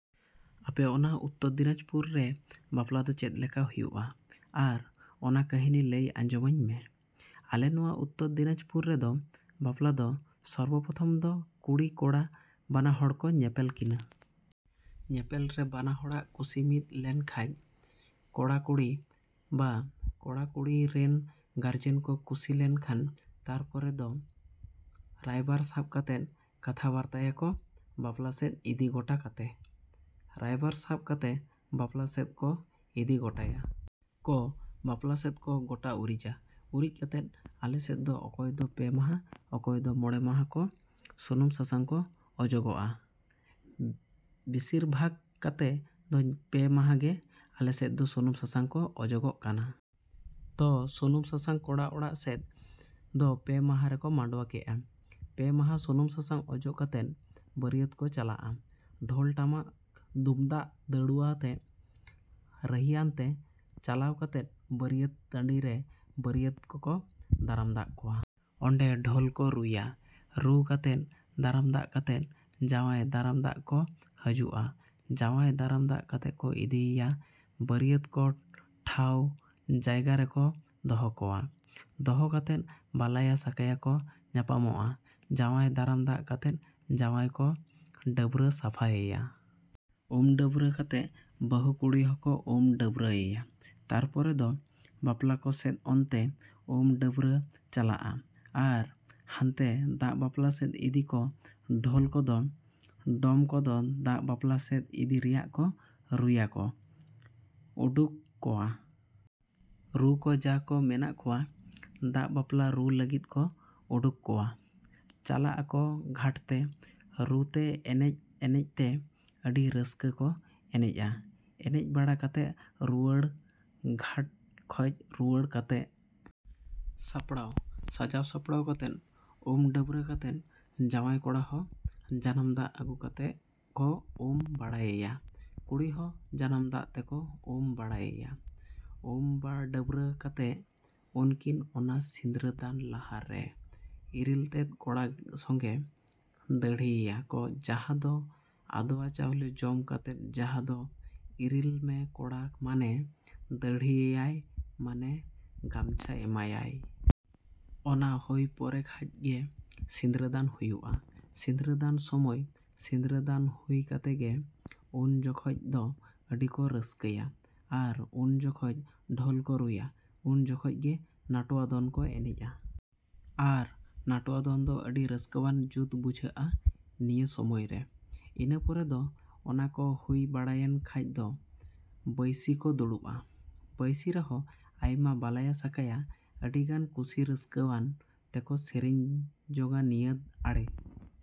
ᱟᱯᱮ ᱚᱱᱟ ᱩᱛᱛᱚᱨ ᱫᱤᱱᱟᱡᱽᱯᱩᱨ ᱨᱮ ᱵᱟᱯᱞᱟ ᱫᱚ ᱪᱮᱫ ᱞᱮᱠᱟ ᱦᱩᱭᱩᱜᱼᱟ? ᱟᱨ ᱚᱱᱟ ᱠᱟᱹᱦᱱᱤ ᱞᱟᱹᱭ ᱟᱸᱡᱚᱢᱟᱹᱧ ᱢᱮ᱾ ᱟᱞᱮ ᱱᱚᱣᱟ ᱩᱛᱛᱚᱨ ᱫᱤᱱᱟᱡᱽᱯᱩᱨ ᱨᱮᱫᱚ ᱵᱟᱯᱞᱟ ᱫᱚ ᱥᱚᱨᱵᱚ ᱯᱨᱚᱛᱷᱚᱢ ᱫᱚ ᱠᱩᱲᱤ, ᱠᱚᱲᱟ ᱵᱟᱱᱟ ᱦᱚᱲ ᱠᱚ ᱧᱮᱯᱮᱞ ᱠᱤᱱᱟᱹ᱾ ᱧᱮᱯᱮᱞ ᱨᱮ ᱵᱟᱱᱟ ᱦᱚᱲᱟᱜ ᱠᱩᱥᱤ ᱢᱤᱫ ᱞᱮᱱᱠᱷᱟᱡ ᱠᱚᱲᱟ, ᱠᱩᱲᱤ ᱵᱟ ᱠᱚᱲᱟ, ᱠᱩᱲᱤ ᱨᱤᱱ ᱜᱟᱨᱡᱮᱱ ᱠᱚ ᱠᱩᱥᱤ ᱞᱮᱱᱠᱷᱟᱡ ᱛᱟᱯᱚᱨᱮ ᱫᱚ ᱨᱟᱭᱵᱟᱨ ᱥᱟᱵ ᱠᱟᱛᱮ ᱠᱟᱛᱷᱟ ᱵᱟᱨᱛᱟᱭᱟᱠᱚ ᱵᱟᱯᱞᱟ ᱥᱮᱫ ᱤᱫᱤ ᱜᱚᱴᱟ ᱠᱟᱛᱮ᱾ ᱨᱟᱭᱵᱟᱨ ᱥᱟᱵ ᱠᱟᱛᱮ ᱵᱟᱯᱞᱟ ᱥᱮᱫ ᱠᱚ ᱤᱫᱤ ᱜᱚᱴᱟᱭᱟ᱾ ᱠᱚ, ᱵᱟᱯᱞᱟ ᱥᱮᱫ ᱠᱚ ᱜᱚᱴᱟ ᱩᱨᱤᱡᱟ᱾ ᱩᱨᱤᱡ ᱠᱟᱛᱮ ᱟᱞᱮ ᱥᱮᱫ ᱫᱚ ᱚᱠᱚᱭ ᱫᱚ ᱯᱮ ᱢᱟᱦᱟ, ᱚᱠᱚᱭ ᱫᱚ ᱢᱚᱬᱮ ᱢᱟᱦᱟ ᱠᱚ ᱥᱩᱱᱩᱢ ᱥᱟᱥᱟᱝ ᱠᱚ ᱚᱡᱚᱜᱚᱜᱼᱟ᱾ ᱵᱤᱥᱤᱨ ᱵᱷᱟᱜᱽ ᱠᱟᱛᱮ ᱫᱚ ᱯᱮ ᱢᱟᱦᱟ ᱜᱮ ᱟᱞᱮ ᱥᱮᱫ ᱫᱚ ᱥᱩᱱᱩᱢ ᱥᱟᱥᱟᱝ ᱠᱚ ᱚᱡᱚᱜᱚᱜ ᱠᱟᱱᱟ᱾ ᱛᱚ ᱥᱩᱱᱩᱢ ᱥᱟᱥᱟᱝ ᱠᱚᱲᱟ ᱚᱲᱟᱜ ᱥᱮᱫ ᱫᱚ ᱯᱮ ᱢᱟᱦᱟ ᱨᱮᱠᱚ ᱢᱟᱰᱣᱟ ᱠᱮᱜ ᱜᱮ᱾ ᱯᱮ ᱢᱟᱦᱟ ᱥᱩᱱᱩᱢ ᱥᱟᱥᱟᱝ ᱚᱡᱚᱜ ᱠᱟᱛᱮ ᱵᱟᱹᱨᱭᱟᱹᱛ ᱠᱚ ᱪᱟᱞᱟᱜᱼᱟ᱾ ᱰᱷᱳᱞ ᱴᱟᱢᱟᱠ ᱫᱩᱢᱫᱟᱜ ᱫᱟᱹᱣᱲᱟᱹ ᱟᱛᱮ, ᱨᱟᱹᱦᱤᱭᱟᱱᱛᱮ᱾ ᱪᱟᱞᱟᱣ ᱠᱟᱛᱮ ᱵᱟᱹᱨᱭᱟᱹᱛ ᱴᱟᱺᱰᱤ ᱨᱮ ᱵᱟᱹᱨᱭᱟᱹᱛ ᱠᱚᱠᱚ ᱫᱟᱨᱟᱢ ᱫᱟᱜ ᱠᱚᱣᱟ᱾ ᱚᱸᱰᱮ ᱰᱷᱳᱞ ᱠᱚ ᱨᱩᱭᱟ᱾ ᱨᱩ ᱠᱟᱛᱮ ᱫᱟᱨᱟᱢ ᱫᱟᱜ ᱠᱟᱛᱮ ᱡᱟᱶᱟᱭ ᱫᱟᱨᱟᱢ ᱫᱟᱜ ᱠᱚ ᱦᱟᱹᱡᱩᱜᱼᱟ᱾ ᱡᱟᱶᱟᱭ ᱫᱟᱨᱟᱢ ᱫᱟᱜ ᱠᱟᱛᱮ ᱠᱚ ᱤᱫᱤᱭᱮᱭᱟ᱾ ᱵᱟᱹᱨᱭᱟᱹᱛ ᱠᱚ ᱴᱷᱟᱶ ᱡᱟᱭᱜᱟ ᱨᱮᱠᱚ ᱫᱚᱦᱚ ᱠᱚᱣᱟ᱾ ᱫᱚᱦᱚ ᱠᱟᱛᱮ ᱵᱟᱞᱟᱭᱟᱼᱥᱟᱠᱟᱭᱟ ᱠᱚ ᱧᱟᱯᱟᱢᱚᱜᱼᱟ᱾ ᱡᱟᱶᱟᱭ ᱫᱟᱨᱟᱢ ᱫᱟᱜ ᱠᱟᱛᱮ ᱡᱟᱶᱟᱭ ᱠᱚ ᱰᱟᱹᱵᱨᱟᱹ ᱥᱟᱯᱟᱭᱮᱭᱟ᱾ ᱩᱢᱼᱰᱟᱵᱨᱟᱹ ᱠᱟᱛᱮ ᱵᱟᱹᱦᱩ ᱠᱩᱲᱤ ᱦᱚᱸᱠᱚ ᱩᱢᱼᱰᱟᱹᱵᱨᱟᱹᱭᱮᱭᱟ᱾ ᱛᱟᱯᱚᱨᱮ ᱫᱚ ᱵᱟᱯᱞᱟ ᱠᱚ ᱥᱮᱫ ᱚᱱᱛᱮ ᱩᱢᱼᱰᱟᱹᱵᱨᱟᱹ ᱪᱟᱞᱟᱜᱼᱟ᱾ ᱟᱨ ᱦᱟᱱᱛᱮ ᱫᱟᱜ ᱵᱟᱯᱞᱟ ᱥᱮᱫ ᱤᱫᱤ ᱠᱚ ᱰᱷᱳᱞ ᱠᱚᱫᱚ, ᱰᱚᱢ ᱠᱚᱫᱚ ᱫᱟᱜ ᱵᱟᱯᱞᱟ ᱥᱮᱫ ᱤᱫᱤ ᱨᱮᱭᱟᱜ ᱠᱚ ᱨᱩᱭᱟ ᱠᱚ, ᱩᱰᱩᱠ ᱠᱚᱣᱟ᱾ ᱨᱩ ᱠᱚ ᱡᱟ ᱠᱚ ᱢᱮᱱᱟᱜ ᱠᱚᱣᱟ, ᱫᱟᱜ ᱵᱟᱯᱞᱟ ᱨᱩ ᱞᱟᱹᱜᱤᱫ ᱠᱚ ᱩᱰᱩᱠ ᱠᱚᱣᱟ, ᱪᱟᱞᱟᱜᱼᱟᱠᱚ ᱜᱷᱟᱴ ᱛᱮ᱾ ᱨᱩ ᱛᱮ, ᱮᱱᱮᱡ ᱮᱱᱮᱡ ᱛᱮ, ᱟᱹᱰᱤ ᱨᱟᱹᱥᱠᱟᱹ ᱠᱚ ᱮᱱᱮᱡᱟ, ᱮᱱᱮᱡ ᱵᱟᱲᱟ ᱠᱟᱛᱮ ᱨᱩᱣᱟᱹᱲ, ᱜᱷᱟᱴ ᱠᱷᱚᱡᱽ ᱨᱩᱣᱟᱹᱲ ᱠᱟᱛᱮ ᱥᱟᱯᱲᱟᱣ, ᱥᱟᱡᱟᱣ ᱥᱟᱯᱲᱟᱣ ᱠᱟᱛᱮ, ᱩᱢ ᱰᱟᱹᱵᱨᱟᱹ ᱠᱟᱛᱮ ᱡᱟᱶᱟᱭ ᱠᱚᱲᱟ ᱦᱚᱸ ᱡᱟᱱᱟᱢ ᱫᱟᱜ ᱟᱹᱜᱩ ᱠᱟᱛᱮ ᱠᱚ ᱩᱢ ᱰᱟᱹᱵᱨᱟᱹᱭᱮᱭᱟ, ᱠᱩᱲᱤ ᱦᱚᱸ ᱡᱟᱱᱟᱢ ᱫᱟᱜ ᱛᱮᱠᱚ ᱩᱢᱼᱰᱟᱹᱵᱨᱟᱹᱭᱮᱭᱟ, ᱩᱢᱼᱰᱟᱹᱵᱨᱟᱹ ᱠᱟᱛᱮ ᱩᱱᱠᱤᱱ ᱚᱱᱟ ᱥᱤᱸᱫᱽᱨᱟᱹ ᱫᱟᱱ ᱞᱟᱦᱟ ᱨᱮ ᱤᱨᱤᱞ ᱛᱮᱫ ᱠᱚᱲᱟ ᱥᱚᱸᱜᱮ ᱫᱟᱲᱦᱤᱭᱮᱭᱟ ᱠᱚ ᱡᱟᱦᱟᱸ ᱫᱚ ᱟᱫᱚᱣᱟ ᱪᱟᱣᱞᱮ ᱡᱚᱢ ᱠᱟᱛᱮ ᱡᱟᱦᱟᱸ ᱫᱚ ᱤᱨᱤᱞ ᱢᱮ ᱠᱚᱲᱟ ᱢᱟᱱᱮ ᱫᱟᱲᱦᱤᱭᱮᱭᱟᱭ ᱢᱟᱱᱮ ᱜᱟᱢᱪᱷᱟ ᱮᱢᱟᱭᱟᱭ᱾ ᱚᱱᱟ ᱦᱩᱭ ᱯᱚᱨᱮ ᱠᱷᱟᱡ ᱜᱮ ᱥᱤᱸᱫᱽᱨᱟᱹ ᱫᱟᱱ ᱦᱩᱭᱩᱜᱼᱟ᱾ ᱥᱤᱸᱫᱽᱨᱟᱹ ᱫᱟᱱ ᱥᱚᱢᱚᱭ, ᱥᱤᱸᱫᱽᱨᱟᱹ ᱫᱟᱱ ᱦᱩᱭ ᱠᱟᱛᱮ ᱜᱮ ᱩᱱ ᱡᱚᱠᱷᱚᱡ ᱫᱚ ᱟᱹᱰᱤ ᱠᱚ ᱨᱟᱹᱥᱠᱟᱹᱭᱟ᱾ ᱟᱨ ᱩᱱ ᱡᱚᱠᱷᱚᱡ ᱰᱷᱚᱞ ᱠᱚ ᱨᱩᱭᱟ, ᱩᱱ ᱡᱚᱠᱷᱚᱡ ᱜᱮ ᱱᱟᱹᱴᱣᱟᱹ ᱫᱚᱱ ᱠᱚ ᱮᱱᱮᱡᱼᱟ᱾ ᱟᱨ ᱱᱟᱹᱴᱣᱟᱹ ᱫᱚᱱ ᱫᱚ ᱟᱹᱰᱤ ᱨᱟᱹᱥᱠᱟᱹᱣᱟᱱ ᱡᱩᱛ ᱵᱩᱡᱷᱟᱹᱜᱼᱟ ᱤᱱᱟᱹ ᱥᱚᱢᱚᱭ ᱨᱮ᱾ ᱤᱱᱟᱹ ᱯᱚᱨᱮ ᱫᱚ ᱚᱱᱟ ᱠᱚ ᱦᱩᱭ ᱵᱟᱲᱟᱭᱮᱱ ᱠᱷᱟᱡ ᱫᱚ ᱵᱟᱹᱭᱥᱤ ᱠᱚ ᱫᱩᱲᱩᱵᱼᱟ᱾ ᱵᱟᱭᱥᱤ ᱨᱮᱦᱚᱸ ᱟᱭᱢᱟ ᱵᱟᱞᱟᱭᱟᱼᱥᱟᱠᱟᱭᱟ ᱟᱹᱰᱤᱜᱟᱱ ᱠᱩᱥᱤ ᱨᱟᱹᱥᱠᱟᱹᱣᱟᱱ ᱛᱮᱠᱚ ᱥᱮᱨᱮᱧ ᱡᱚᱝᱟ᱾ ᱱᱤᱭᱟᱹ ᱟᱲᱮ